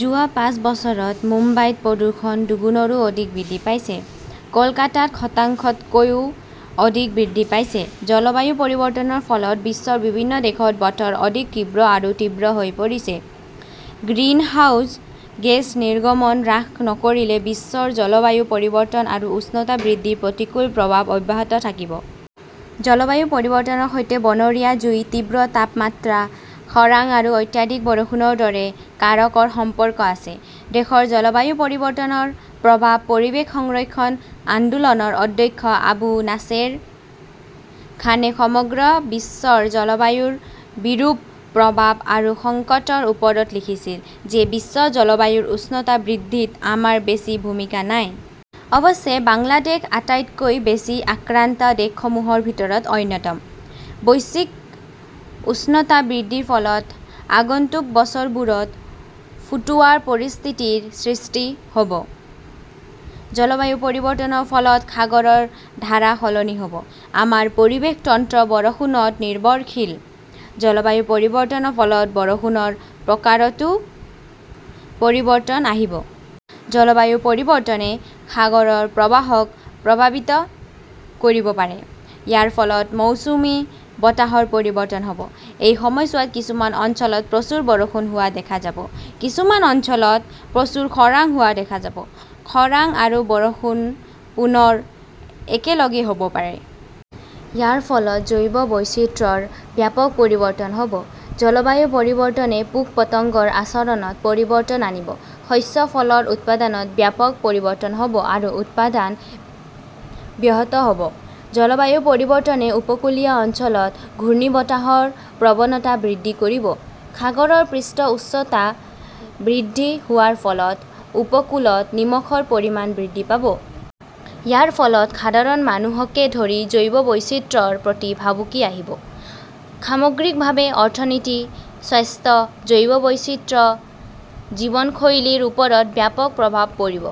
যোৱা পাঁচ বছৰত মুম্বাইত প্ৰদূষণ দুগুণৰো অধিক বৃদ্ধি পাইছে, কলকাতাত শতাংশতকৈ অধিক বৃদ্ধি পাইছে জলবায়ু পৰিৱৰ্তনৰ ফলত বিশ্বৰ বিভিন্ন দেশত বতৰ অধিক তীব্ৰ আৰু তীব্ৰ হৈ পৰিছে। গ্ৰিনহাউজ গেছ নিৰ্গমন হ্ৰাস নকৰিলে বিশ্বৰ জলবায়ু পৰিৱৰ্তন আৰু উষ্ণতা বৃদ্ধিৰ প্ৰতিকূল প্ৰভাৱ অব্যাহত থাকিব। জলবায়ু পৰিৱৰ্তনৰ সৈতে বনৰীয়া জুই, তীব্ৰ তাপমাত্ৰা, খৰাং আৰু অত্যাধিক বৰষুণৰ দৰে কাৰকৰ সম্পৰ্ক আছে। দেশৰ জলবায়ু পৰিৱৰ্তনৰ প্ৰভাৱ পৰিৱেশ সংৰক্ষণ আন্দোলনৰ অধ্যক্ষ আবু নাছেৰ খানে সমগ্ৰ বিশ্বৰ জলবায়ুৰ বিৰূপ প্ৰভাৱ আৰু সংকটৰ ওপৰত লিখিছিল যে বিশ্ব জলবায়ুৰ উষ্ণতা বৃদ্ধিত আমাৰ বেছি ভূমিকা নাই। অৱশ্যে বাংলাদেশ আটাইতকৈ বেছি আক্ৰান্ত দেশসমূহৰ ভিতৰত অন্যতম। বৈশ্বিক উষ্ণতা বৃদ্ধিৰ ফলত আগন্তুক বছৰবোৰত ফুটোৱাৰ পৰিস্থিতিৰ সৃষ্টি হʼব। জলবায়ু পৰিৱৰ্তনৰ ফলত সাগৰৰ ধাৰা সলনি হʼব। আমাৰ পৰিৱেশ তন্ত্ৰ বৰষুণত নিৰ্ভৰশীল। জলবায়ু পৰিৱৰ্তনৰ ফলত বৰষুণৰ প্ৰকাৰতো পৰিৱৰ্তন আহিব। জলবায়ু পৰিৱৰ্তনে সাগৰৰ প্ৰবাহক প্ৰভাৱিত কৰিব পাৰে। ইয়াৰ ফলত মৌচুমী বতাহৰ পৰিৱৰ্তন হʼব। এই সময়ছোৱাত কিছুমান অঞ্চলত প্ৰচুৰ বৰষুণ হোৱা দেখা যাব, কিছুমান অঞ্চলত প্ৰচুৰ খৰাং হোৱা দেখা যাব। খৰাং আৰু বৰষুণ পুনৰ একেলগে হʼব পাৰে। ইয়াৰ ফলত জৈৱ বৈচিত্ৰ্যৰ ব্যাপক পৰিৱৰ্তন হʼব। জলবায়ু পৰিৱৰ্তনে পোক-পতংগৰ আচৰণত পৰিৱৰ্তন আনিব। শস্য, ফলৰ উৎপাদনত ব্যাপক পৰিৱৰ্তন হʼব আৰু উৎপাদন ব্যাহত হʼব। জলবায়ু পৰিৱৰ্তনে উপকূলীয় অঞ্চলত ঘূৰ্ণীবতাহৰ প্ৰৱণতা বৃদ্ধি কৰিব। সাগৰৰ পৃষ্ঠৰ উচ্চতা বৃদ্ধি হোৱাৰ ফলত উপকূলত নিমখৰ পৰিমাণ বৃদ্ধি পাব। ইয়াৰ ফলত সাধাৰণ মানুহকে ধৰি জৈৱ বৈচিত্ৰ্যৰ প্ৰতি ভাবুকি আহিব। সামগ্ৰিকভাৱে অৰ্থনীতি, স্বাস্থ্য, জৈৱ বৈচিত্ৰ্য, জীৱনশৈলীৰ ওপৰত ব্যাপক প্ৰভাৱ পৰিব।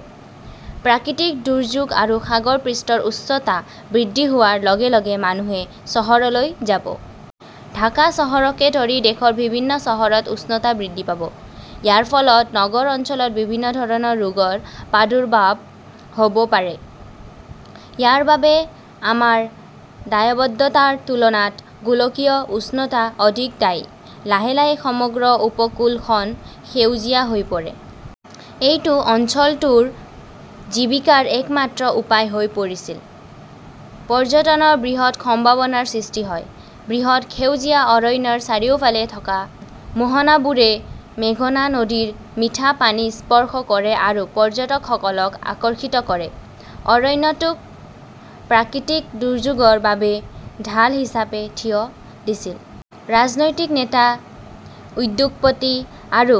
প্ৰাকৃতিক দুৰ্যোগ আৰু সাগৰ পৃষ্ঠৰ উচ্চতা বৃদ্ধি হোৱাৰ লগে লগে মানুহে চহৰলৈ যাব। ঢাকা চহৰকে ধৰি দেশৰ বিভিন্ন চহৰত উষ্ণতা বৃদ্ধি পাব। ইয়াৰ ফলত নগৰ অঞ্চলত বিভিন্ন ধৰণৰ ৰোগৰ প্ৰাদুৰ্ভাৱ হʼব পাৰে। ইয়াৰ বাবে আমাৰ দায়বদ্ধতাৰ তুলনাত গোলকীয় উষ্ণতা অধিক দায়ী। লাহে লাহে সমগ্ৰ উপকূলখন সেউজীয়া হৈ পৰে। এইটো অঞ্চলটোৰ জীৱিকাৰ একমাত্ৰ উপায় হৈ পৰিছিল। পৰ্যটনৰ বৃহৎ সম্ভাৱনাৰ সৃষ্টি হয়। বৃহৎ সেউজীয়া অৰণ্যৰ চাৰিওফালে থকা মোহনাবোৰে মেঘনা নদীৰ মিঠা পানী স্পৰ্শ কৰে আৰু পৰ্যটকসকলক আকৰ্ষিত কৰে। অৰণ্যটো প্ৰাকৃতিক দুৰ্যোগৰ বাবেও ঢাল হিচাপে থিয় দিছিল। ৰাজনৈতিক নেতা, উদ্যোগপতি আৰু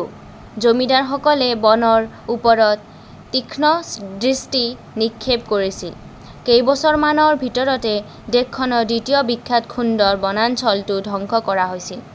জমিদাৰসকলে বনৰ ওপৰত তীক্ষ্ণ দৃষ্টি নিক্ষেপ কৰিছিল। কেইবছৰমানৰ ভিতৰতে দেশখনৰ দ্বিতীয় বিখ্যাত সুন্দৰ বনাঞ্চলটো ধ্বংস কৰা হৈছিল।